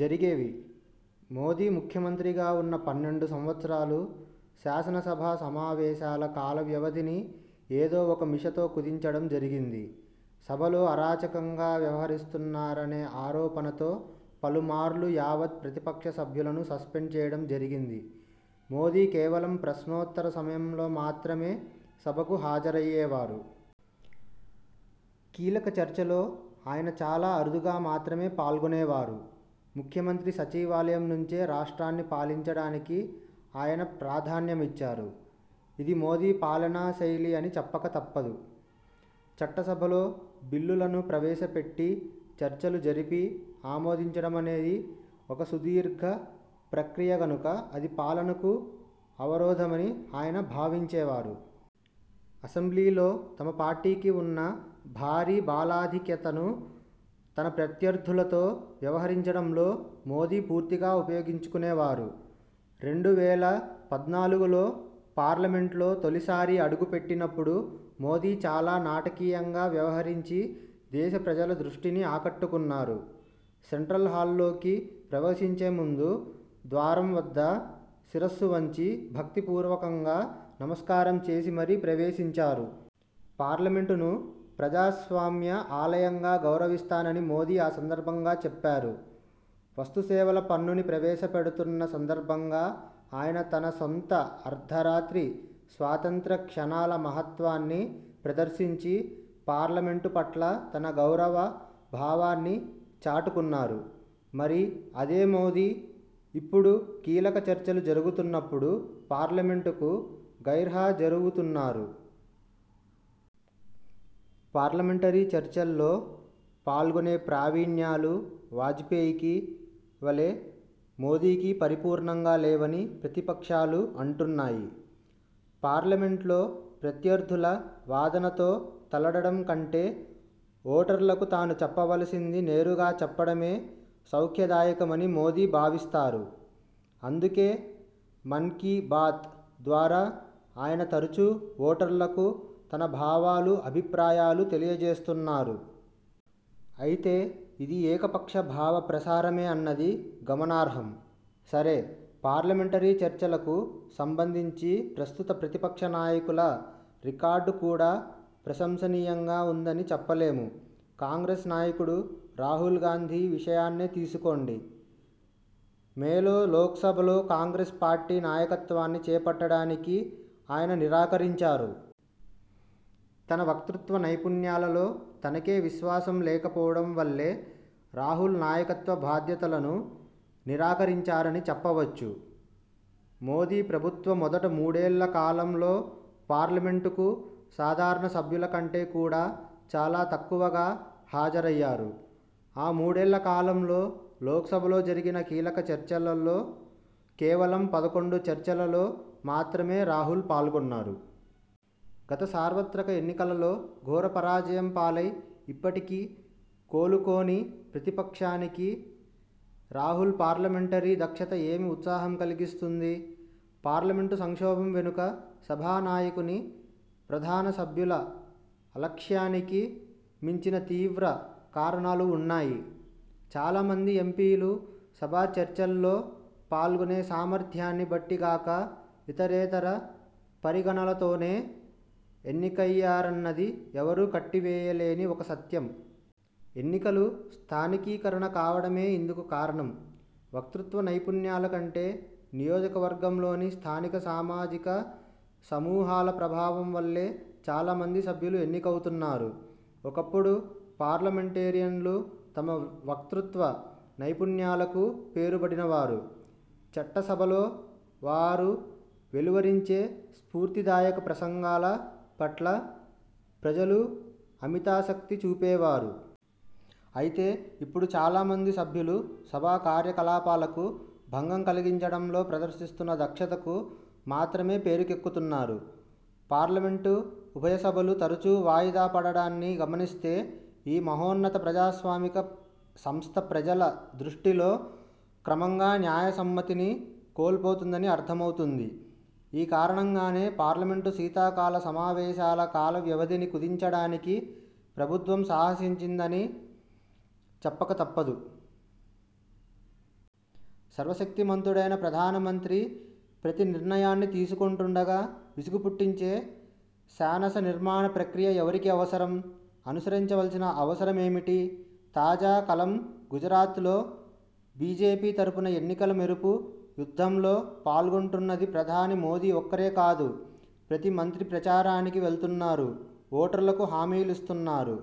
జరిగేవి. మోదీ ముఖ్యమంత్రిగా ఉన్న పన్నెండు సంవత్సరాలూ శాసనసభా సమావేశాల కాలవ్యవధిని ఏదో ఒక మిషతో కుదించడం జరిగింది. సభలో అరాచకంగా వ్యవహరిస్తున్నారనే ఆరోపణతో పలుమార్లు యావత్ ప్రతిపక్ష సభ్యులను సస్పెండ్ చేయడం జరిగింది. మోదీ కేవలం ప్రశ్నోత్తర సమయం లో మాత్రమే సభకు హాజరయ్యేవారు. కీలక చర్చల్లో ఆయన చాలా అరుదుగా మాత్రమే పాల్గొనేవారు. ముఖ్యమంత్రి సచివాలయం నుంచే రాష్ట్రాన్ని పాలించడానికి ఆయన ప్రాధాన్యమిచ్చారు. ఇది మోదీ పాలనా శైలి అని చెప్పక తప్పదు. చట్టసభలో బిల్లులను ప్రవేశపెట్టి చర్చలు జరిపి ఆమోదించడం అనేది ఒక సుదీర్ఘ ప్రక్రియ గనుక అది పాలనకు అవరోధమని ఆయన భావించేవారు. అసెంబ్లీలో తమ పార్టీకి ఉన్న భారీ బలాధిక్యతను తన ప్రత్యర్థులతో వ్యవహరించడంలో మోదీ పూర్తిగా ఉపయోగించుకొనేవారు. రెండు వేల పద్నాలుగులో పార్లమెంటులో తొలిసారి అడుగుపెట్టినప్పుడు మోదీ చాలా నాటకీయంగా వ్యవహరించి దేశప్రజల దృష్టిని ఆకట్టుకున్నారు. సెంట్రల్ హాలులోకి ప్రవేశించేముందు ద్వారం వద్ద శిరస్సు వంచి భక్తి పూర్వకంగా నమస్కారం చేసి మరీ ప్రవేశించారు. పార్లమెంటును ప్రజాస్వామ్య ఆలయంగా గౌరవిస్తానని మోదీ ఆ సందర్భంగా చెప్పారు. వస్తుసేవల పన్ను ని ప్రవేశపెడుతున్న సందర్భంగా ఆయన తన సొంత అర్థరాత్రి స్వాతంత్ర్య క్షణాల మహత్వాన్ని ప్రదర్శించి పార్లమెంటు పట్ల తన గౌరవ భావాన్ని చాటుకున్నారు. మరి అదే మోదీ ఇప్పుడు కీలక చర్చలు జరుగుతున్నప్పుడు పార్లమెంటుకు గైర్హాజరవుతున్నారు! పార్లమెంటరీ చర్చల్లో పాల్గొనే ప్రావీణ్యాలు వాజపేయికి వలే మోదీకి పరిపూర్ణంగా లేవని ప్రతిపక్షాలు అంటున్నాయి. పార్లమెంటులో ప్రత్యర్థుల వాదనతో తలడడం కంటే ఓటర్లకు తాను చెప్పవలసింది నేరుగా చెప్పడమే సౌఖ్యదాయకమని మోదీ భావిస్తారు. అందుకే మన్ కి బాత్ ద్వారా ఆయన తరచూ ఓటర్లకు తన భావాలు అభిప్రాయాలు తెలియజేస్తున్నారు. అయితే ఇది ఏకపక్ష భావ ప్రసారమే అన్నది గమనార్హం. సరే, పార్లమెంటరీ చర్చలకు సంబంధించి ప్రస్తుత ప్రతిపక్ష నాయకుల రికార్డు కూడా ప్రశంసనీయంగా ఉందని చెప్పలేము. కాంగ్రెస్ నాయకుడు రాహుల్ గాంధీ విషయాన్నే తీసుకోండి. మేలో లోక్సభలో కాంగ్రెస్ పార్టీ నాయకత్వాన్ని చేపట్టడానికి ఆయన నిరాకరించారు. తన వక్తృత్వ నైపుణ్యాలలో తనకే విశ్వాసం లేకపోవడం వల్లే రాహుల్ నాయకత్వ బాధ్యతలను నిరాకరించారని చెప్పవచ్చు. మోదీ ప్రభుత్వ మొదటి మూడేళ్ళ కాలంలో పార్లమెంటుకు సాధారణ సభ్యుల కంటే కూడా చాలా తక్కువగా హాజరయ్యారు. ఆ మూడేళ్ళ కాలంలో లోక్సభలో జరిగిన కీలకచర్చలలో కేవలం పదకొండు చర్చలలో మాత్రమే రాహుల్ పాల్గొన్నారు. గత సార్వత్రక ఎన్నికలలో ఘోర పరాజయం పాలై ఇప్పటికీ కోలుకోని ప్రతిపక్షానికి రాహుల్ పార్లమెంటరీ దక్షత ఏమి ఉత్సాహం కల్గిస్తుంది? పార్లమెంటు సంక్షోభం వెనుక సభా నాయకుని, ప్రధాన సభ్యుల అలక్ష్యానికి మించిన తీవ్ర కారణాలు వున్నాయి. చాలామంది ఎంపీలు సభాచర్చల్లో పాల్గొనే సామర్థ్యాన్ని బట్టి గాక ఇతరేతర పరిగణనలతోనే ఎన్నికయ్యారన్నది ఎవరూ కొట్టివేయలేని ఒక సత్యం. ఎన్నికలు స్థానీకీకరణ కావడమే ఇందుకు కారణం. వక్తృత్వ నైపుణ్యాల కంటే నియోజకవర్గంలోని స్థానిక సామాజిక సమూహాల ప్రభావం వల్లే చాలా మంది సభ్యులు ఎన్నికవుతున్నారు. ఒకప్పుడు పార్లమెంటేరియన్లు తమ వక్తృత్వ నైపుణ్యాలకు పేరుబడిన వారు. చట్టసభలో వారు వెలువరించే స్ఫూర్తిదాయక ప్రసంగాల పట్ల ప్రజలు అమితాసక్తి చూపేవారు. అయితే ఇప్పుడు చాలా మంది సభ్యులు సభా కార్యకలాపాలకు భంగం కల్గించడంలో ప్రదర్శిస్తున్న దక్షతకు మాత్రమే పేరుకెక్కుతున్నారు. పార్లమెంటు ఉభయ సభలు తరచూ వాయిదా పడడాన్ని గమనిస్తే ఈ మహోన్నత ప్రజాస్వామిక సంస్థ ప్రజల దృష్టిలో క్రమంగా న్యాయసమ్మతిని కోల్పోతుందని అర్థమవుతుంది. ఈ కారణంగానే పార్లమెంటు శీతాకాల సమావేశాల కాలవ్యవధిని కుదించడానికి ప్రభుత్వం సాహసించిందని చెప్పక తప్పదు. సర్వశక్తిమంతుడైన ప్రధానమంత్రి ప్రతి నిర్ణయాన్ని తీసుకొంటుండగా విసుగు పుట్టించే శానసనిర్మాణ ప్రక్రియ ఎవరికి అవసరం? అనుసరించవల్సిన అవసరమేమిటి? తాజా కలం గుజరాత్లో బీజేపీ తరపున ఎన్నికల మెరుపు యుద్ధంలో పాల్గొంటున్నది ప్రధాని మోదీ ఒక్కరే కాదు. ప్రతి మంత్రీ ప్రచారానికి వెళుతున్నారు. ఓటర్లకు హామీలిస్తున్నారు.